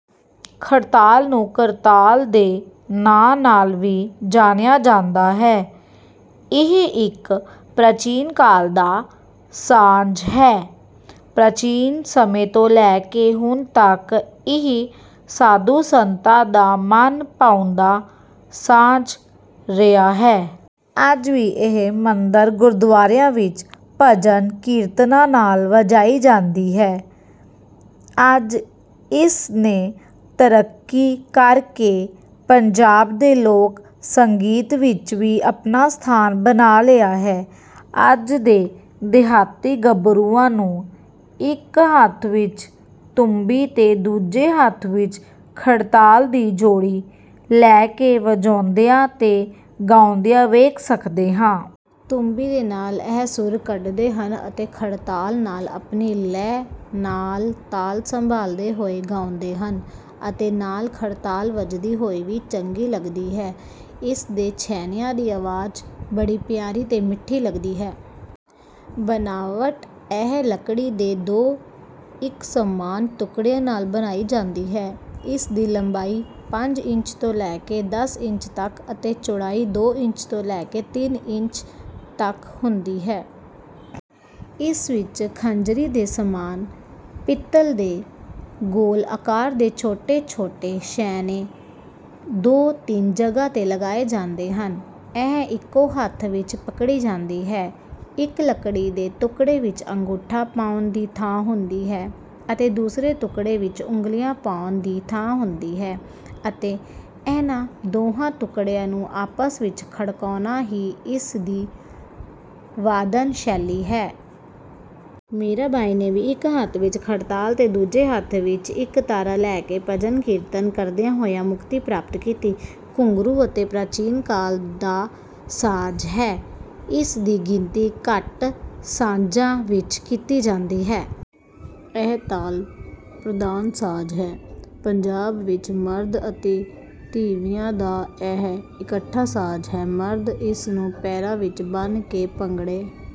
ਖੜਤਾਲ ਨੂੰ ਕਰਤਾਲ ਦੇ ਨਾਂ ਨਾਲ ਵੀ ਜਾਣਿਆ ਜਾਂਦਾ ਹੈ। ਇਹ ਇੱਕ ਪ੍ਰਾਚੀਨ ਕਾਲ ਦਾ ਸਾਜ਼ ਹੈ। ਪ੍ਰਾਚੀਨ ਸਮੇਂ ਤੋਂ ਲੈ ਕੇ ਹੁਣ ਤਕ ਇਹ ਸਾਧੂ ਸੰਤਾਂ ਦਾ ਮਨ ਭਾਉਂਦਾ ਸਾਜ਼ ਰਿਹਾ ਹੈ। ਅੱਜ ਵੀ ਇਹ ਮੰਦਰ, ਗੁਰਦੁਆਰਿਆਂ ਵਿੱਚ ਭਜਨ, ਕੀਰਤਨਾਂ ਨਾਲ ਵਜਾਈ ਜਾਂਦੀ ਹੈ। ਅੱਜ ਇਸ ਨੇ ਤਰੱਕੀ ਕਰ ਕੇ ਪੰਜਾਬ ਦੇ ਲੋਕ ਸੰਗੀਤ ਵਿੱਚ ਵੀ ਆਪਣਾ ਸਥਾਨ ਬਣਾ ਲਿਆ ਹੈ। ਅੱਜ ਦੇ ਦਿਹਾਤੀ ਗੱਭਰੂਆਂ ਨੂੰ, ਇੱਕ ਹੱਥ ਵਿੱਚ ਤੂੰਬੀ ਤੇ ਦੂਜੇ ਹੱਥ ਵਿੱਚ ਖੜਤਾਲ ਦੀ ਜੋੜੀ ਲੈ ਕੇ ਵਜਾਉਂਦਿਆਂ ਤੇ ਗਾਉਂਦਿਆਂ ਵੇਖ ਸਕਦੇ ਹਾਂ। ਤੂੰਬੀ ਦੇ ਨਾਲ ਇਹ ਸੁਰ ਕੱਢਦੇ ਹਨ ਅਤੇ ਖੜਤਾਲ ਨਾਲ ਆਪਣੀ ਲੈਅ ਨਾਲ ਤਾਲ ਸੰਭਾਲਦੇ ਹੋਏ ਗਾਉਂਦੇ ਹਨ ਅਤੇ ਨਾਲ ਖੜਤਾਲ ਵੱਜਦੀ ਹੋਈ ਵੀ ਚੰਗੀ ਲਗਦੀ ਹੈ। ਇਸ ਦੇ ਛੈਣਿਆਂ ਦੀ ਆਵਾਜ਼ ਬੜੀ ਪਿਆਰੀ ਤੇ ਮਿੱਠੀ ਲੱਗਦੀ ਹੈ। ਬਣਾਵਟ, ਇਹ ਲੱਕੜੀ ਦੇ ਦੋ, ਇੱਕ ਸਮਾਨ ਟੁਕੜਿਆਂ ਨਾਲ ਬਣਾਈ ਜਾਂਦੀ ਹੈ। ਇਸ ਦੀ ਲੰਬਾਈ ਪੰਜ ਇੰਚ ਤੋਂ ਲੈ ਕੇ ਦਸ ਇੰਚ ਤਕ ਅਤੇ ਚੌੜਾਈ ਦੋ ਇੰਚ ਤੋਂ ਲੈ ਕੇ ਤਿੰਨ ਇੰਚ ਤਕ ਹੁੰਦੀ ਹੈ। ਇਸ ਵਿੱਚ ਖੰਜਰੀ ਦੇ ਸਮਾਨ ਪਿੱਤਲ ਦੇ ਗੋਲ ਆਕਾਰ ਦੇ ਛੋਟੇ-ਛੋਟੇ ਛੈਣੇ ਦੋ ਤਿੰਨ ਜਗ੍ਹਾ ਤੇ ਲਗਾਏ ਜਾਂਦੇ ਹਨ। ਇਹ ਇਕੋ ਹੱਥ ਵਿੱਚ ਪਕੜੀ ਜਾਂਦੀ ਹੈ। ਇੱਕ ਲਕੜੀ ਦੇ ਟੁਕੜੇ ਵਿੱਚ ਅੰਗੂਠਾ ਪਾਉਣ ਦੀ ਥਾਂ ਹੁੰਦੀ ਹੈ ਅਤੇ ਦੂਸਰੇ ਟੁਕੜੇ ਵਿੱਚ ਉਂਗਲੀਆਂ ਪਾਉਣ ਦੀ ਥਾਂ ਹੁੰਦੀ ਹੈ ਅਤੇ ਇਨ੍ਹਾਂ ਦੋਹਾਂ ਟੁਕੜਿਆਂ ਨੂੰ ਆਪਸ ਵਿੱਚ ਖੜਕਾਉਣਾ ਹੀ ਇਸ ਦੀ ਵਾਦਨ ਸ਼ੈਲੀ ਹੈ। ਮੀਰਾ ਬਾਈ ਨੇ ਵੀ ਇੱਕ ਹੱਥ ਵਿੱਚ ਖੜਤਾਲ ਤੇ ਦੂਜੇ ਹੱਥ ਵਿੱਚ ਇੱਕ ਤਾਰਾ ਲੇ ਕੇ ਭਜਨ, ਕੀਰਤਨ ਕਰਦਿਆਂ ਹੋਇਆਂ ਮੁਕਤੀ ਪ੍ਰਾਪਤ ਕੀਤੀ| ਘੁੰਘਰੂ ਅਤਿ ਪ੍ਰਾਚੀਨ ਕਾਲ ਦਾ ਸਾਜ਼ ਹੈ। ਇਸ ਦੀ ਗਿਣਤੀ ਘਟ ਸਾਜ਼ਾਂ ਵਿੱਚ ਕੀਤੀ ਜਾਂਦੀ ਹੈ। ਇਹ ਤਾਲ ਪ੍ਰਧਾਨ ਸਾਜ਼ ਹੈ। ਪੰਜਾਬ ਵਿੱਚ ਮਰਦ ਅਤੇ ਤੀਵੀਆਂ ਦਾ ਇਹ ਇਕੱਠਾ ਸਾਜ਼ ਹੈ। ਮਰਦ ਇਸ ਨੂੰ ਪੈਰਾਂ ਵਿੱਚ ਬੰਨ੍ਹ ਕੇ ਭੰਗੜੇ